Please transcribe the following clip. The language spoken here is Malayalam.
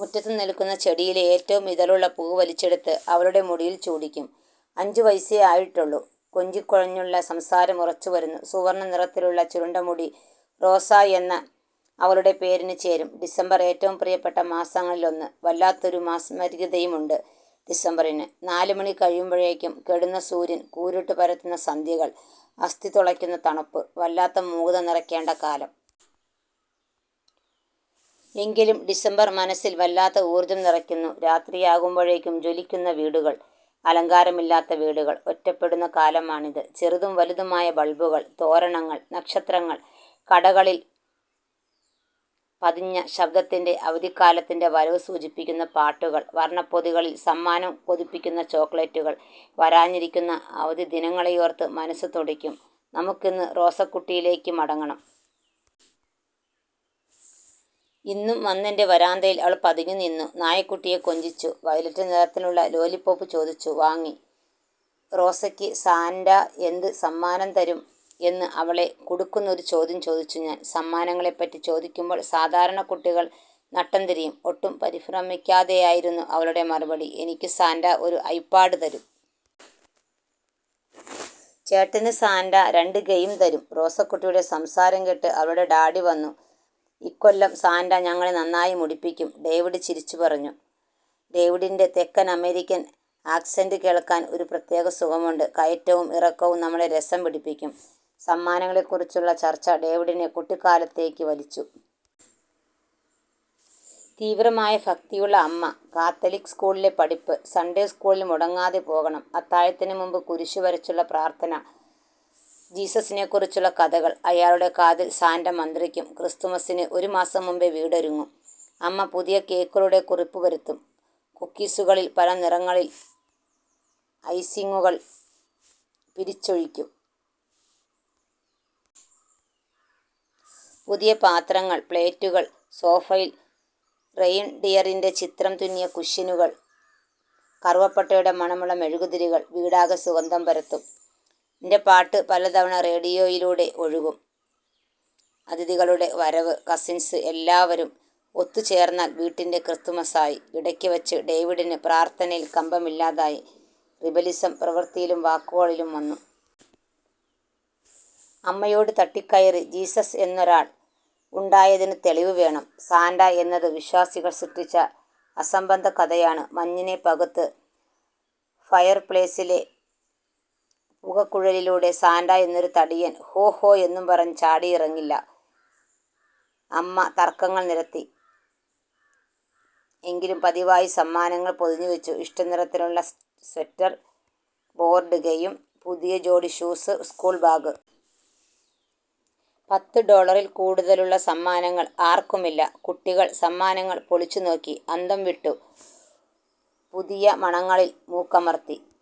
മുറ്റത്ത് നിൽക്കുന്ന ചെടിയിലെ ഏറ്റവും ഇതളുള്ള പൂവ് വലിച്ചെടുത്ത് അവളുടെ മുടിയിൽ ചൂടിക്കും. അഞ്ചു വയസ്സേ ആയിട്ടുള്ളൂ. കൊഞ്ചിക്കുഴഞ്ഞുള്ള സംസാരം ഉറച്ചുവരുന്നു. സുവർണ നിറത്തിലുള്ള ചുരുണ്ട മുടി റോസ എന്ന അവളുടെ പേരിനു ചേരും. ഡിസംബർ ഏറ്റവും പ്രിയപ്പെട്ട മാസങ്ങളിലൊന്ന്. വല്ലാത്തൊരു മാസ്മരികതയുമുണ്ട് ഡിസംബറിന്. നാലുമണി കഴിയുമ്പോഴേക്കും കെടുന്ന സൂര്യൻ, കൂരിരുട്ട് പരത്തുന്ന സന്ധ്യകൾ, അസ്ഥി തുളക്കുന്ന തണുപ്പ്, വല്ലാത്ത മൂകത നിറക്കേണ്ട കാലം. എങ്കിലും ഡിസംബർ മനസ്സിൽ വല്ലാത്ത ഊർജം നിറക്കുന്നു. രാത്രിയാകുമ്പോഴേക്കും ജ്വലിക്കുന്ന വീടുകൾ. അലങ്കാരമില്ലാത്ത വീടുകൾ ഒറ്റപ്പെടുന്ന കാലമാണിത്. ചെറുതും വലുതുമായ ബൾബുകൾ, തോരണങ്ങൾ, നക്ഷത്രങ്ങൾ, കടകളിൽ പതിഞ്ഞ ശബ്ദത്തിൽ അവധിക്കാലത്തിൻ്റെ വരവ് സൂചിപ്പിക്കുന്ന പാട്ടുകൾ, വർണപ്പൊതികളിൽ സമ്മാനം, കൊതിപ്പിക്കുന്ന ചോക്ലേറ്റുകൾ. വരാനിരിക്കുന്ന അവധിദിനങ്ങളെയോർത്ത് മനസ്സ് തുടിക്കും. നമുക്കിന്ന് റോസക്കുട്ടിയിലേക്ക് മടങ്ങണം. ഇന്നും വന്നെൻ്റെ വരാന്തയിൽ അവൾ പതുങ്ങിനിന്നു. നായക്കുട്ടിയെ കൊഞ്ചിച്ചു. വയലറ്റ് നിറത്തിലുള്ള ലോലിപോപ്പ് ചോദിച്ചു വാങ്ങി. റോസക്ക് സാന്റ എന്ത് സമ്മാനം തരും എന്ന് അവളെ കുടുക്കുന്ന ഒരു ചോദ്യം ചോദിച്ചു ഞാൻ. സമ്മാനങ്ങളെപ്പറ്റി ചോദിക്കുമ്പോൾ സാധാരണ കുട്ടികൾ നട്ടംതിരിയും. ഒട്ടും പരിഫ്രമിക്കാതെയായിരുന്നു അവളുടെ മറുപടി. എനിക്ക് സാന്റ ഒരു ഐപാഡ് തരും. ചേട്ടന് സാന്റ രണ്ട് ഗെയിം തരും. റോസക്കുട്ടിയുടെ സംസാരം കേട്ട് അവളുടെ ഡാഡി വന്നു. ഇക്കൊല്ലം സാന്റ ഞങ്ങളെ നന്നായി മുടിപ്പിക്കും. ഡേവിഡ് ചിരിച്ചു പറഞ്ഞു. ഡേവിഡിൻ്റെ തെക്കൻ അമേരിക്കൻ ആക്സന്റ് കേൾക്കാൻ ഒരു പ്രത്യേക സുഖമുണ്ട്. കയറ്റവും ഇറക്കവും നമ്മളെ രസം പിടിപ്പിക്കും. സമ്മാനങ്ങളെക്കുറിച്ചുള്ള ചർച്ച ഡേവിഡിനെ കുട്ടിക്കാലത്തേക്ക് വലിച്ചു. തീവ്രമായ ഫക്തിയുള്ള അമ്മ. കാത്തലിക് സ്കൂളിലെ പഠിപ്പ്. സൺഡേ സ്കൂളിൽ മുടങ്ങാതെ പോകണം. അത്താഴത്തിനുമുമ്പ് കുരിശു വരച്ചുള്ള പ്രാർഥന. ജീസസിനെക്കുറിച്ചുള്ള കഥകൾ. അയാളുടെ കാതിൽ സാന്റ മന്ത്രിക്കും. ക്രിസ്തുമസ്സിന് ഒരുമാസം മുമ്പേ വീടൊരുങ്ങും. അമ്മ പുതിയ കേക്കുകളുടെ കുറിപ്പ് പരത്തും. കുക്കീസുകളിൽ പല നിറങ്ങളിൽ ഐസിങ്ങുകൾ പിരിച്ചൊഴിക്കും. പുതിയ പാത്രങ്ങൾ, പ്ലേറ്റുകൾ, സോഫയിൽ റെയിൻഡിയറിൻ്റെ ചിത്രം തുന്നിയ കുഷ്യനുകൾ. കറുവപ്പട്ടയുടെ മണമുള്ള മെഴുകുതിരികൾ വീടാകെ സുഗന്ധം പരത്തും. ൻ്റെ പാട്ട് പലതവണ റേഡിയോയിലൂടെ ഒഴുകും. അതിഥികളുടെ വരവ്. കസിൻസ് എല്ലാവരും ഒത്തുചേർന്നാൽ വീട്ടിൽ ക്രിസ്തുമസ്സായി. ഇടയ്ക്ക് വച്ച് ഡേവിഡിന് പ്രാർഥനയിൽ കമ്പമില്ലാതായി. റിബലിസം പ്രവൃത്തിയിലും വാക്കുകളിലും വന്നു. അമ്മയോട് തട്ടിക്കയറി. ജീസസ് എന്നൊരാൾ ഉണ്ടായതിന് തെളിവ് വേണം. സാന്റ എന്നത് വിശ്വാസികൾ സൃഷ്ടിച്ച അസംബന്ധ കഥയാണ്. മഞ്ഞിനെ പകുത്ത് ഫയർപ്ലേസിലെ പുകക്കുഴലിലൂടെ സാന്റ എന്നൊരു തടിയൻ ഹോ ഹോ എന്നും പറഞ്ഞ് ചാടിയിറങ്ങില്ല. അമ്മ തർക്കങ്ങൾ നിർത്തി. എങ്കിലും പതിവായി സമ്മാനങ്ങൾ പൊതിഞ്ഞുവെച്ചു. ഇഷ്ടനിറത്തിലുള്ള സ്വെറ്റർ, ബോർഡ് ഗെയിം, പുതിയ ജോഡി ഷൂസ്, സ്കൂൾ ബാഗ്. പത്ത് ഡോളറിൽ കൂടുതലുള്ള സമ്മാനങ്ങൾ ആർക്കുമില്ല. കുട്ടികൾ സമ്മാനങ്ങൾ പൊളിച്ചുനോക്കി അന്തംവിട്ടു. പുതിയ മണങ്ങളിൽ മൂക്കമർത്തി.